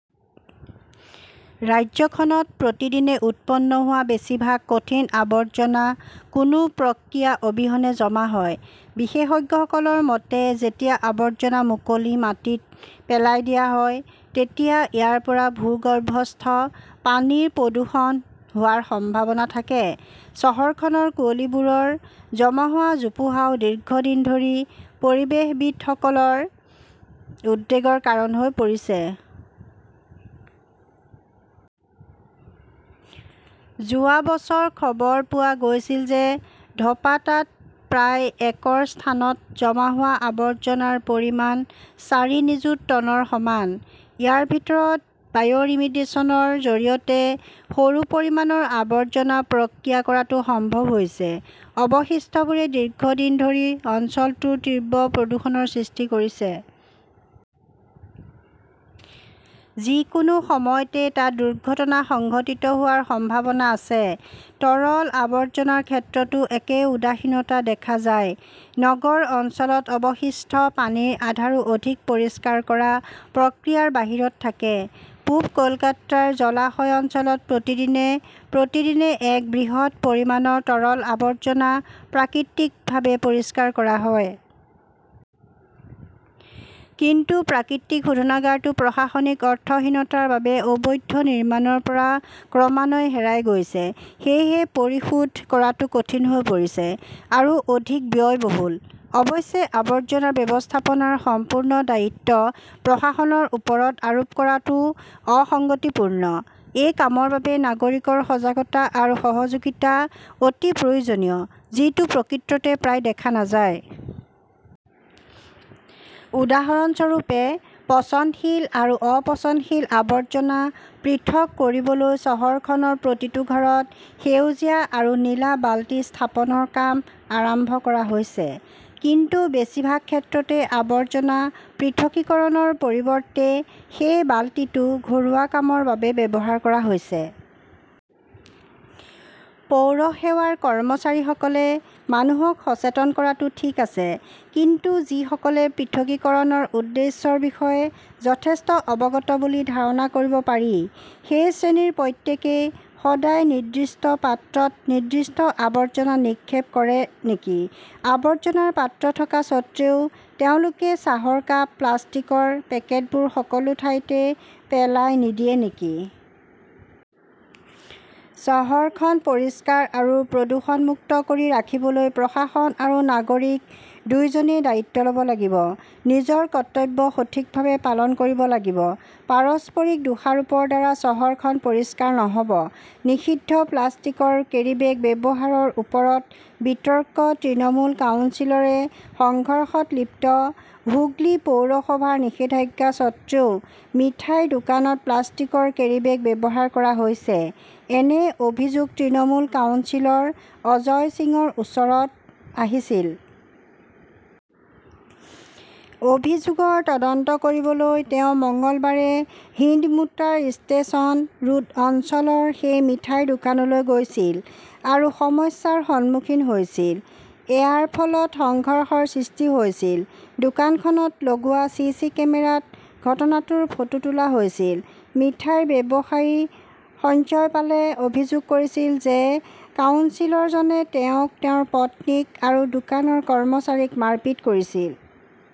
ৰাজ্যখনত প্ৰতিদিনে উৎপন্ন হোৱা বেছিভাগ কঠিন আৱৰ্জনা কোনো প্ৰক্ৰিয়া অবিহনে জমা হয়। বিশেষজ্ঞসকলৰ মতে, যেতিয়া আৱৰ্জনা মুকলি মাটিত পেলাই দিয়া হয় তেতিয়া ইয়াৰ পৰা ভূগৰ্ভস্থ পানীৰ প্ৰদূষণ হোৱাৰ সম্ভাৱনা থাকে। চহৰখনৰ কুঁৱলীবোৰৰ জমা হোৱা জোপোহাও দীৰ্ঘদিন ধৰি পৰিৱেশবিদসকলৰ উদ্বেগৰ কাৰণ হৈ আহিছে। যোৱা বছৰ খবৰ পোৱা গৈছিল যে ধপাতাত প্ৰায় একৰ স্থানত জমা হোৱা আৱৰ্জনাৰ পৰিমাণ চাৰি নিযুত টনৰ সমান। ইয়াৰ ভিতৰত বায়'ৰিমিডিশ্যনৰ জৰিয়তে সৰু পৰিমাণৰ আৱৰ্জনা প্ৰক্ৰিয়া কৰাটো সম্ভৱ হৈছে। অৱশিষ্টবোৰে দীৰ্ঘদিন ধৰি অঞ্চলটোৰ তীব্ৰ প্ৰদূষণৰ সৃষ্টি কৰিছে। যিকোনো সময়তে তাত দুৰ্ঘটনা সংঘটিত হোৱাৰ সম্ভাৱনা আছে। তৰল আৱৰ্জনাৰ ক্ষেত্ৰতো একে উদাসীনতা দেখা যায়। নগৰ অঞ্চলত অৱশিষ্ট পানীৰ আধাৰো অধিক পৰিষ্কাৰ কৰা প্ৰক্ৰিয়াৰ বাহিৰত থাকে। পূৱ কলকাতাৰ জলাশয় অঞ্চলত প্ৰতিদিনে প্ৰতিদিনে এক বৃহৎ পৰিমাণৰ তৰল আৱৰ্জনা প্ৰাকৃতিকভাৱে পৰিষ্কাৰ কৰা হয়। কিন্তু প্ৰাকৃতিক শোধনাগাৰটো প্ৰশাসনিক অৰ্থহীনতাৰ বাবে অবৈধ নিৰ্মাণৰ পৰা ক্ৰমান্বয়ে হেৰাই গৈছে। সেয়েহে, পৰিশোধ কৰাটো কঠিন হৈ পৰিছে, আৰু অধিক ব্যয়বহুল। অৱশ্যে, আৱৰ্জনা ব্যৱস্থাপনাৰ সম্পূৰ্ণ দায়িত্ব প্ৰশাসনৰ ওপৰত আৰোপ কৰাটোও অসঙ্গতিপূৰ্ণ। এই কামৰ বাবে নাগৰিকৰ সজাগতা আৰু সহযোগিতা অতি প্ৰয়োজনীয়, যিটো প্ৰকৃততে প্ৰায় দেখা নাযায়। উদাহৰণস্বৰূপে, পচনশীল আৰু অপচনশীল আৱৰ্জনা পৃথক কৰিবলৈ চহৰখনৰ প্ৰতিটো ঘৰত সেউজীয়া আৰু নীলা বালতি স্থাপনৰ কাম আৰম্ভ কৰা হৈছে। কিন্তু বেছিভাগ ক্ষেত্ৰতে আৱৰ্জনা পৃথকীকৰণৰ পৰিৱৰ্তে সেই বালতিটো ঘৰুৱা কামৰ বাবে ব্যৱহাৰ কৰা হৈছে। পৌৰসেৱাৰ কৰ্মচাৰীসকলে মানুহক সচেতন কৰাটো ঠিক আছে, কিন্তু যিসকলে পৃথকীকৰণৰ উদ্দেশ্যৰ বিষয়ে যথেষ্ট অৱগত বুলি ধাৰণা কৰিব পাৰি, সেই শ্ৰেণীৰ প্ৰত্যেকেই সদায় নিৰ্দিষ্ট পাত্ৰত নিৰ্দিষ্ট আৱৰ্জনা নিক্ষেপ কৰে নেকি? আৱৰ্জনাৰ পাত্ৰ থকা স্বত্বেও তেওঁলোকে চাহৰ কাপ, প্লাষ্টিকৰ পেকেটবোৰ সকলো ঠাইতে পেলাই নিদিয়ে নেকি? চহৰখন পৰিষ্কাৰ আৰু প্ৰদূষণমুক্ত কৰি ৰাখিবলৈ প্ৰশাসন আৰু নাগৰিক দুয়োজনে দায়িত্ব ল 'ব লাগিব, নিজৰ কৰ্তব্য সঠিকভাৱে পালন কৰিব লাগিব। পাৰস্পৰিক দোষাৰোপৰ দ্বাৰা চহৰখন পৰিষ্কাৰ নহ'ব। নিষিদ্ধ প্লাষ্টিকৰ কেৰীবেগ ব্যৱহাৰৰ ওপৰত বিতৰ্ক, তৃণমূল কাউন্সিলৰে সংঘৰ্ষত লিপ্ত হুগলী পৌৰসভাৰ নিষেধাজ্ঞা সত্বেও মিঠাইৰ দোকানত প্লাষ্টিকৰ কেৰীবেগ ব্যৱহাৰ কৰা হৈছে, এনে অভিযোগ তৃণমূল কাউন্সিলৰ অজয় সিঙৰ ওচৰত আহিছিল। অভিযোগৰ তদন্ত কৰিবলৈ তেওঁ মঙলবাৰে হিন্দমোটাৰ ষ্টেচন ৰোড অঞ্চলৰ সেই মিঠাইৰ দোকানলৈ গৈছিল আৰু সমস্যাৰ সন্মুখীন হৈছিল। এয়াৰ ফলত সংঘৰ্ষৰ সৃষ্টি হৈছিল। দোকানখনত লগোৱা চি. চি. কেমেৰাত ঘটনাটোৰ ফটো তোলা হৈছিল। মিঠাই ব্যৱসায়ী সঞ্জয় পালে অভিযোগ কৰিছিল যে কাউন্সিলৰজনে তেওঁক, তেওঁৰ পত্নীক আৰু দোকানৰ কৰ্মচাৰীক মাৰপিট কৰিছিল।